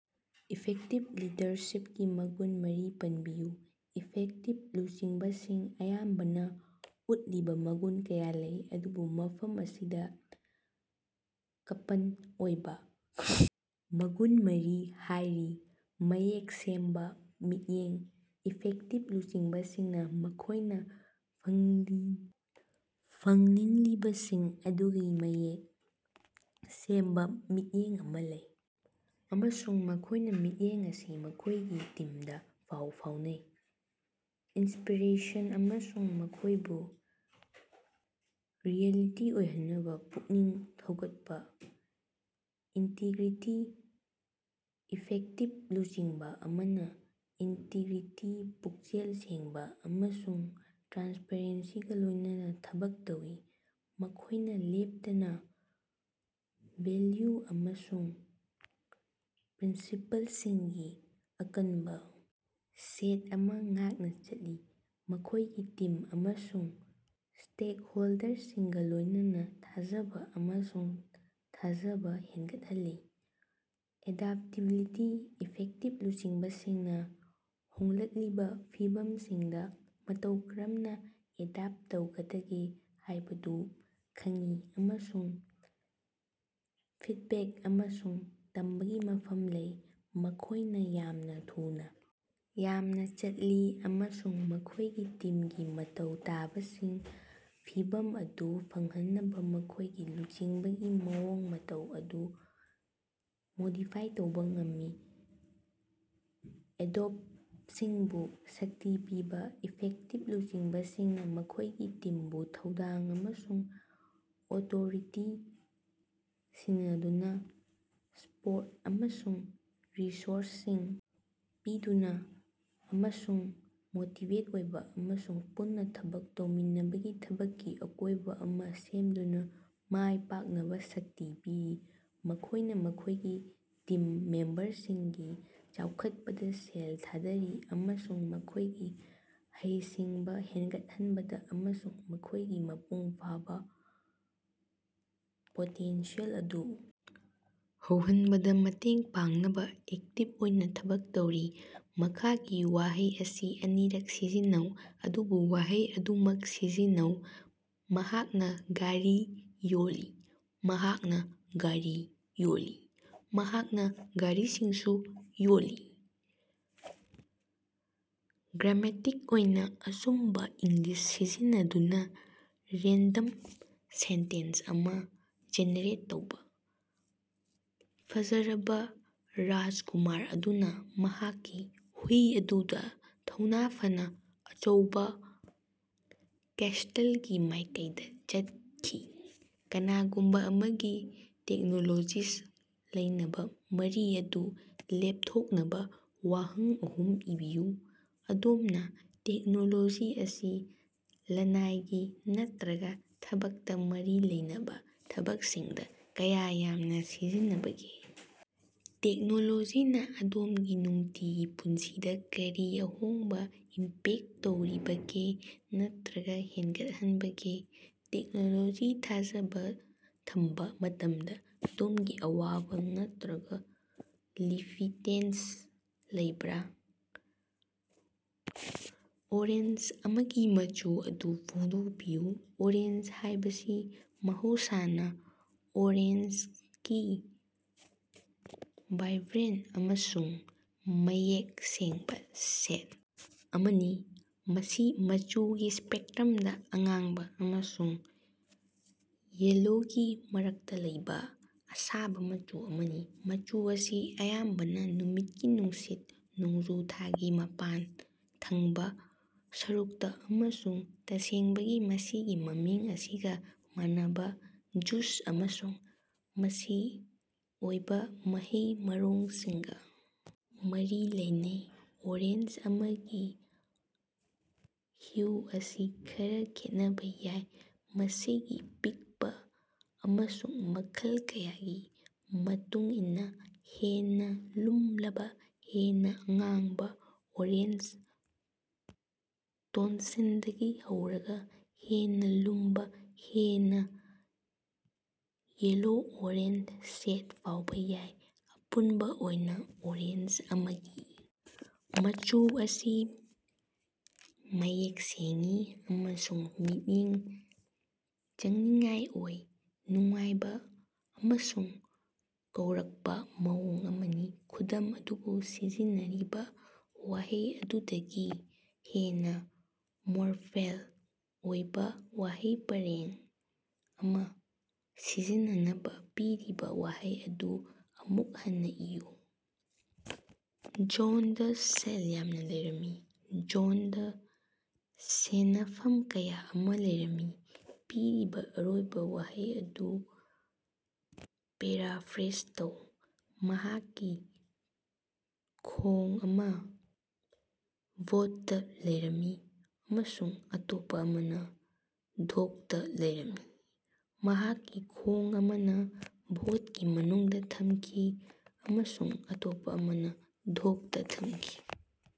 Effective ꯂꯤꯗꯔꯁꯤꯞꯀꯤ ꯃꯒꯨꯟ ꯃꯔꯤ ꯄꯅꯕꯤꯌꯨ꯫ Effective ꯂꯨꯆꯤꯡꯕꯁꯤꯡ ꯑꯌꯥꯝꯕꯅ ꯎꯠꯂꯤꯕ ꯃꯒꯨꯟ ꯀꯌꯥ ꯂꯩ, ꯑꯗꯨꯕꯨ ꯃꯐꯝ ꯑꯁꯤꯗ ꯀꯃꯟ ꯑꯣꯏꯕ ꯃꯒꯨꯟ ꯃꯔꯤ ꯌꯥꯎꯔꯤ: ꯃꯌꯦꯛ ꯁꯦꯡꯕ ꯃꯤꯠꯌꯦꯡ: ꯏꯐꯦꯛꯇꯤꯞ ꯂꯨꯆꯤꯡꯕꯁꯤꯡꯅ ꯃꯈꯣꯏꯅ ꯐꯪꯅꯤꯡꯂꯤꯕꯁꯤꯡ ꯑꯗꯨꯒꯤ ꯃꯌꯦꯛ ꯁꯦꯡꯕ ꯃꯤꯠꯌꯦꯡ ꯑꯃ ꯂꯩ, ꯑꯃꯁꯨꯡ ꯃꯈꯣꯏꯅ ꯃꯤꯠꯌꯦꯡ ꯑꯁꯤ ꯃꯈꯣꯏꯒꯤ ꯇꯤꯝꯗ ꯄꯥꯎ ꯐꯥꯎꯅꯩ, ꯏꯟꯁꯄꯤꯔꯦꯁꯟ ꯑꯃꯁꯨꯡ ꯃꯈꯣꯏꯕꯨ ꯔꯤꯑꯦꯂꯤꯇꯤ ꯑꯣꯏꯍꯟꯅꯕ ꯄꯨꯛꯅꯤꯡ ꯊꯧꯒꯠꯄ꯫ ꯏꯟꯇꯤꯒ꯭ꯔꯤꯇꯤ: ꯏꯐꯦꯛꯇꯤꯞ ꯂꯨꯆꯤꯡꯕ ꯑꯃꯅ ꯏꯟꯇꯤꯒ꯭ꯔꯤꯇꯤ, ꯄꯨꯛꯆꯦꯜ ꯁꯦꯡꯕ ꯑꯃꯁꯨꯡ ꯇ꯭ꯔꯥꯟꯁꯄꯔꯦꯟꯁꯤꯒ ꯂꯣꯏꯅꯅ ꯊꯕꯛ ꯇꯧꯏ꯫ ꯃꯈꯣꯏꯅ ꯂꯦꯞꯇꯅ ꯚꯦꯜꯌꯨ ꯑꯃꯁꯨꯡ ꯄ꯭ꯔꯤꯟꯁꯤꯄꯜꯁꯤꯡꯒꯤ ꯑꯀꯟꯕ ꯁꯦꯠ ꯑꯃ ꯉꯥꯛꯅ ꯆꯠꯂꯤ, ꯃꯈꯣꯏꯒꯤ ꯇꯤꯝ ꯑꯃꯁꯨꯡ ꯁ꯭ꯇꯦꯛꯍꯣꯜꯗꯔꯁꯤꯡꯒ ꯂꯣꯏꯅꯅ ꯊꯥꯖꯕ ꯑꯃꯁꯨꯡ ꯊꯥꯖꯕ ꯍꯦꯟꯒꯠꯍꯜꯂꯤ꯫ ꯑꯦꯗꯥꯞꯇꯦꯕꯤꯂꯤꯇꯤ: ꯏꯐꯦꯛꯇꯤꯕ ꯂꯨꯆꯤꯡꯕꯁꯤꯡꯅ ꯍꯣꯡꯂꯛꯂꯤꯕ ꯐꯤꯚꯝꯁꯤꯡꯗ ꯃꯇꯧ ꯀꯔꯝꯅ ꯑꯦꯗꯥꯞ ꯇꯧꯒꯗꯒꯦ ꯍꯥꯏꯕꯗꯨ ꯈꯪꯏ ꯑꯃꯁꯨꯡ ꯐꯤꯗꯕꯦꯛ ꯑꯃꯁꯨꯡ ꯇꯝꯕꯒꯤ ꯃꯐꯝ ꯂꯩ꯫ ꯃꯈꯣꯏꯅ ꯌꯥꯝꯅ ꯊꯨꯅ ꯌꯥꯡꯅ ꯆꯠꯂꯤ ꯑꯃꯁꯨꯡ ꯃꯈꯣꯏꯒꯤ ꯇꯤꯝꯒꯤ ꯃꯊꯧ ꯇꯥꯕꯁꯤꯡ ꯑꯃꯁꯨꯡ ꯐꯤꯚꯝ ꯑꯗꯨ ꯐꯪꯍꯟꯅꯕ ꯃꯈꯣꯏꯒꯤ ꯂꯨꯆꯤꯡꯕꯒꯤ ꯃꯑꯣꯡ ꯃꯇꯧ ꯑꯗꯨ ꯃꯣꯗꯤꯐꯥꯏ ꯇꯧꯕ ꯉꯝꯃꯤ꯫ ꯑꯇꯣꯞꯄꯁꯤꯡꯕꯨ ꯁꯛꯇꯤ ꯄꯤꯕ: ꯏꯐꯦꯛꯇꯤꯞ ꯂꯨꯆꯤꯡꯕꯁꯤꯡꯅ ꯃꯈꯣꯏꯒꯤ ꯇꯤꯝꯕꯨ ꯊꯧꯗꯥꯡ ꯑꯃꯁꯨꯡ ꯑꯣꯊꯣꯔꯤꯇꯤ ꯁꯤꯟꯅꯗꯨꯅ, ꯁꯄꯣꯔꯠ ꯑꯃꯁꯨꯡ ꯔꯤꯁꯣꯔꯁꯁꯤꯡ ꯄꯤꯗꯨꯅ, ꯑꯃꯁꯨꯡ ꯄꯣꯖꯤꯇꯤꯞ ꯑꯣꯏꯕ ꯑꯃꯁꯨꯡ ꯄꯨꯟꯅ ꯊꯕꯛ ꯇꯧꯃꯤꯟꯅꯕꯒꯤ ꯊꯕꯛꯀꯤ ꯑꯀꯣꯏꯕ ꯑꯃ ꯁꯦꯝꯗꯨꯅ ꯃꯥꯏ ꯄꯥꯛꯅꯕ ꯁꯛꯇꯤ ꯄꯤꯔꯤ꯫ ꯃꯈꯣꯏꯅ ꯃꯈꯣꯏꯒꯤ ꯇꯤꯝ ꯃꯦꯝꯕꯔꯁꯤꯡꯒꯤ ꯆꯥꯎꯈꯠꯄꯗ ꯁꯦꯜ ꯊꯥꯗꯔꯤ ꯑꯃꯁꯨꯡ ꯃꯈꯣꯏꯒꯤ ꯍꯩꯁꯤꯡꯕ ꯍꯦꯟꯒꯠꯍꯟꯕꯗ ꯑꯃꯁꯨꯡ ꯃꯈꯣꯏꯒꯤ ꯃꯄꯨꯡ ꯐꯥꯕꯥ ꯄꯣꯇꯦꯟꯁꯤꯌꯦꯜ ꯑꯗꯨ ꯌꯧꯍꯟꯕꯗ ꯃꯇꯦꯡ ꯄꯥꯡꯅꯕ ꯑꯦꯛꯇꯤꯞ ꯑꯣꯏꯅ ꯊꯕꯛ ꯇꯧꯔꯤ꯫ ꯃꯈꯥꯒꯤ ꯋꯥꯍꯩ ꯑꯁꯤ ꯑꯅꯤꯔꯛ ꯁꯤꯖꯤꯟꯅꯧ ꯑꯗꯨꯕꯨ ꯋꯥꯍꯩ ꯑꯗꯨꯃꯛ ꯁꯤꯖꯤꯟꯅꯧ꯫ ꯃꯍꯥꯛꯅ ꯒꯥꯔꯤ ꯌꯣꯜꯂꯤ꯫ ꯃꯍꯥꯛꯅꯥ ꯒꯥꯔꯤ ꯌꯣꯜꯂꯤ꯫ ꯃꯍꯥꯛꯅ ꯒꯥꯔꯤꯁꯤꯡꯁꯨ ꯌꯣꯜꯂꯤ꯫ ꯒ꯭ꯔꯥꯃꯦꯇꯤꯛ ꯑꯣꯏꯅ ꯑꯆꯨꯝꯕꯥ ꯏꯪꯂꯤꯁ ꯁꯤꯖꯤꯟꯅꯗꯨꯅ ꯔꯦꯟꯗꯝ ꯁꯦꯟꯇꯦꯟꯁ ꯑꯃ ꯖꯦꯅꯦꯔꯦꯠ ꯇꯧꯕ꯫ ꯐꯖꯔꯕ ꯔꯥꯖꯀꯨꯃꯥꯔ ꯑꯗꯨꯅ ꯃꯍꯥꯛꯀꯤ ꯍꯨꯏ ꯑꯗꯨꯗ ꯊꯧꯅ ꯐꯅ ꯑꯆꯧꯕꯥ ꯀꯥꯁꯇꯜꯒꯤ ꯃꯥꯏꯀꯩꯗ ꯆꯠꯈꯤ꯫ ꯀꯅꯥꯒꯨꯝꯕ ꯑꯃꯒꯤ ꯇꯦꯛꯅꯣꯂꯣꯖꯤꯒ ꯂꯩꯅꯕ ꯃꯔꯤ ꯑꯗꯨ ꯂꯦꯞꯊꯣꯛꯅꯕ ꯋꯥꯍꯪ ꯑꯍꯨꯝ ꯏꯕꯤꯌꯨ꯫ ꯑꯗꯣꯝꯅꯥ ꯇꯦꯛꯅꯣꯂꯣꯖꯤ ꯑꯁꯤ ꯂꯅꯥꯏꯒꯤ ꯅꯠꯔꯒꯥ ꯊꯕꯛꯀ ꯃꯔꯤ ꯂꯩꯅꯕ ꯊꯕꯛꯁꯤꯡꯗ ꯀꯌꯥ ꯌꯥꯝꯅ ꯁꯤꯖꯤꯟꯅꯕꯒꯦ? ꯇꯦꯛꯅꯣꯂꯣꯖꯤꯅ ꯑꯗꯣꯝꯒꯤ ꯅꯨꯡꯇꯤꯒꯤ ꯄꯨꯟꯁꯤꯗ ꯀꯔꯤ ꯃꯑꯣꯡꯗ ꯏꯝꯄꯦꯛ ꯇꯧꯔꯤꯕꯒꯦ ꯅꯠꯇꯔꯒ ꯍꯦꯡꯒꯠꯍꯟꯕꯒꯦ? ꯇꯦꯛꯅꯣꯂꯣꯖꯤꯗ ꯊꯥꯖꯕ ꯊꯝꯕ ꯃꯇꯝꯗ ꯑꯗꯣꯝꯒꯤ ꯑꯋꯥꯕ ꯅꯠꯇꯔꯒ ꯂꯤꯃꯤꯇꯦꯁꯟ ꯂꯩꯕꯔꯥ? ꯑꯣꯔꯦꯟꯖ ꯑꯃꯒꯤ ꯃꯆꯨ ꯑꯗꯨ ꯐꯣꯡꯗꯣꯛꯄꯤꯌꯨ꯫ ꯑꯣꯔꯦꯟꯖ ꯍꯥꯌꯕꯁꯤ ꯃꯍꯧꯁꯥꯅꯥ ꯑꯣꯔꯦꯟꯖꯒꯤ ꯕꯥꯏꯕ꯭ꯔꯦꯟꯠ ꯑꯃꯁꯨꯡ ꯃꯌꯦꯛ ꯁꯦꯡꯕ ꯁꯦꯗ ꯑꯃꯅꯤ, ꯃꯁꯤ ꯃꯆꯨꯒꯤ ꯁ꯭ꯄꯦꯛꯇ꯭ꯔꯝꯗ ꯑꯉꯥꯡꯕ ꯑꯃꯁꯨꯡ ꯌꯦꯜꯂꯣꯒꯤ ꯃꯔꯛꯇ ꯂꯩꯕ ꯑꯁꯥꯕ ꯃꯆꯨ ꯑꯃꯅꯤ꯫ ꯃꯆꯨ ꯑꯁꯤ ꯑꯌꯥꯝꯕꯅ ꯅꯨꯃꯤꯠꯀꯤ ꯅꯨꯡꯁꯤꯠ, ꯅꯣꯡꯖꯨ ꯊꯥꯒꯤ ꯃꯄꯥꯟ ꯊꯪꯕꯥ ꯁꯔꯨꯛꯇ, ꯑꯃꯁꯨꯡ ꯇꯁꯦꯡꯕꯗꯤ, ꯃꯁꯤꯒꯤ ꯃꯃꯤꯡ ꯑꯁꯤꯒ ꯃꯥꯟꯅꯕ ꯖꯨꯁ ꯑꯃꯁꯨꯡ ꯃꯆꯤ ꯑꯣꯏꯕ ꯃꯍꯩ-ꯃꯔꯣꯡꯁꯤꯡꯒ ꯃꯔꯤ ꯂꯩꯅꯩ꯫ ꯑꯣꯔꯦꯟꯖ ꯑꯃꯒꯤ ꯍ꯭ꯌꯨ ꯑꯁꯤ ꯈꯔ ꯈꯦꯠꯅꯕ ꯌꯥꯏ, ꯃꯁꯤꯒꯤ ꯄꯤꯛꯄ ꯑꯃꯁꯨꯡ ꯃꯈꯜ ꯀꯌꯥꯒꯤ ꯃꯇꯨꯡ ꯏꯟꯅ ꯍꯦꯟꯅ ꯂꯨꯝꯂꯕ, ꯍꯦꯟꯅ ꯑꯉꯥꯡꯕ-ꯑꯣꯔꯦꯟꯖ ꯇꯣꯟꯁꯤꯡꯗꯒꯤ ꯍꯧꯔꯒ ꯍꯦꯟꯅ ꯂꯨꯝꯕ, ꯍꯦꯟꯅ ꯌꯦꯜꯂꯣ-ꯑꯣꯔꯦꯟꯖ ꯁꯦꯗ ꯐꯥꯎꯕ ꯌꯥꯏ꯫ ꯑꯄꯨꯟꯕ ꯑꯣꯏꯅ ꯑꯣꯔꯦꯟꯖ ꯑꯃꯒꯤ ꯃꯆꯨ ꯑꯁꯤ ꯃꯌꯦꯛ ꯁꯦꯡꯏ ꯑꯃꯁꯨꯡ ꯃꯤꯠꯌꯦꯡ ꯆꯪꯅꯤꯡꯉꯥꯏ ꯑꯣꯏ, ꯅꯨꯡꯉꯥꯏꯕ ꯑꯃꯁꯨꯡ ꯀꯧꯔꯛꯄ ꯃꯑꯣꯡ ꯑꯃꯅꯤ꯫ ꯈꯨꯗꯝ ꯑꯗꯨꯗ ꯁꯤꯖꯤꯟꯅꯔꯤꯕ ꯋꯥꯍꯩ ꯑꯗꯨꯗꯒꯤ ꯍꯦꯟꯅ ꯐꯣꯔꯃꯦꯜ ꯑꯣꯏꯕ ꯋꯥꯍꯩ ꯄꯔꯦꯡ ꯑꯃ ꯁꯤꯖꯤꯟꯅꯅꯕ ꯄꯤꯔꯤꯕ ꯋꯥꯍꯩ ꯑꯗꯨ ꯑꯃꯨꯛ ꯍꯟꯅ ꯏꯌꯨ꯫ ꯖꯣꯟꯗ ꯁꯦꯜ ꯌꯥꯝꯅ ꯂꯩꯔꯝꯃꯤ꯫ ꯖꯣꯟꯗ ꯁꯦꯅꯐꯝ ꯀꯌꯥ ꯑꯃ ꯂꯩꯔꯝꯃꯤ꯫ ꯄꯤꯔꯤꯕꯥ ꯑꯔꯣꯏꯕ ꯋꯥꯍꯩ ꯑꯗꯨ ꯄꯦꯔꯥꯐ꯭ꯔꯦꯖ ꯇꯧ꯫ ꯃꯍꯥꯛꯀꯤ ꯈꯣꯡ ꯑꯃ ꯕꯣꯠꯇ ꯂꯩꯔꯝꯃꯤ ꯑꯃꯁꯨꯡ ꯑꯇꯣꯞꯄꯥ ꯑꯃꯅꯥ ꯗꯣꯛꯇ ꯂꯩꯔꯝꯃꯤ꯫ ꯃꯍꯥꯛꯀꯤ ꯈꯣꯡ ꯑꯃꯅꯥ ꯕꯣꯠꯀꯤ ꯃꯅꯨꯡꯗ ꯊꯝꯈꯤ ꯑꯃꯁꯨꯡ ꯑꯇꯣꯞꯄ ꯑꯃꯅꯥ ꯗꯣꯛꯇꯥ ꯊꯝꯈꯤ꯫।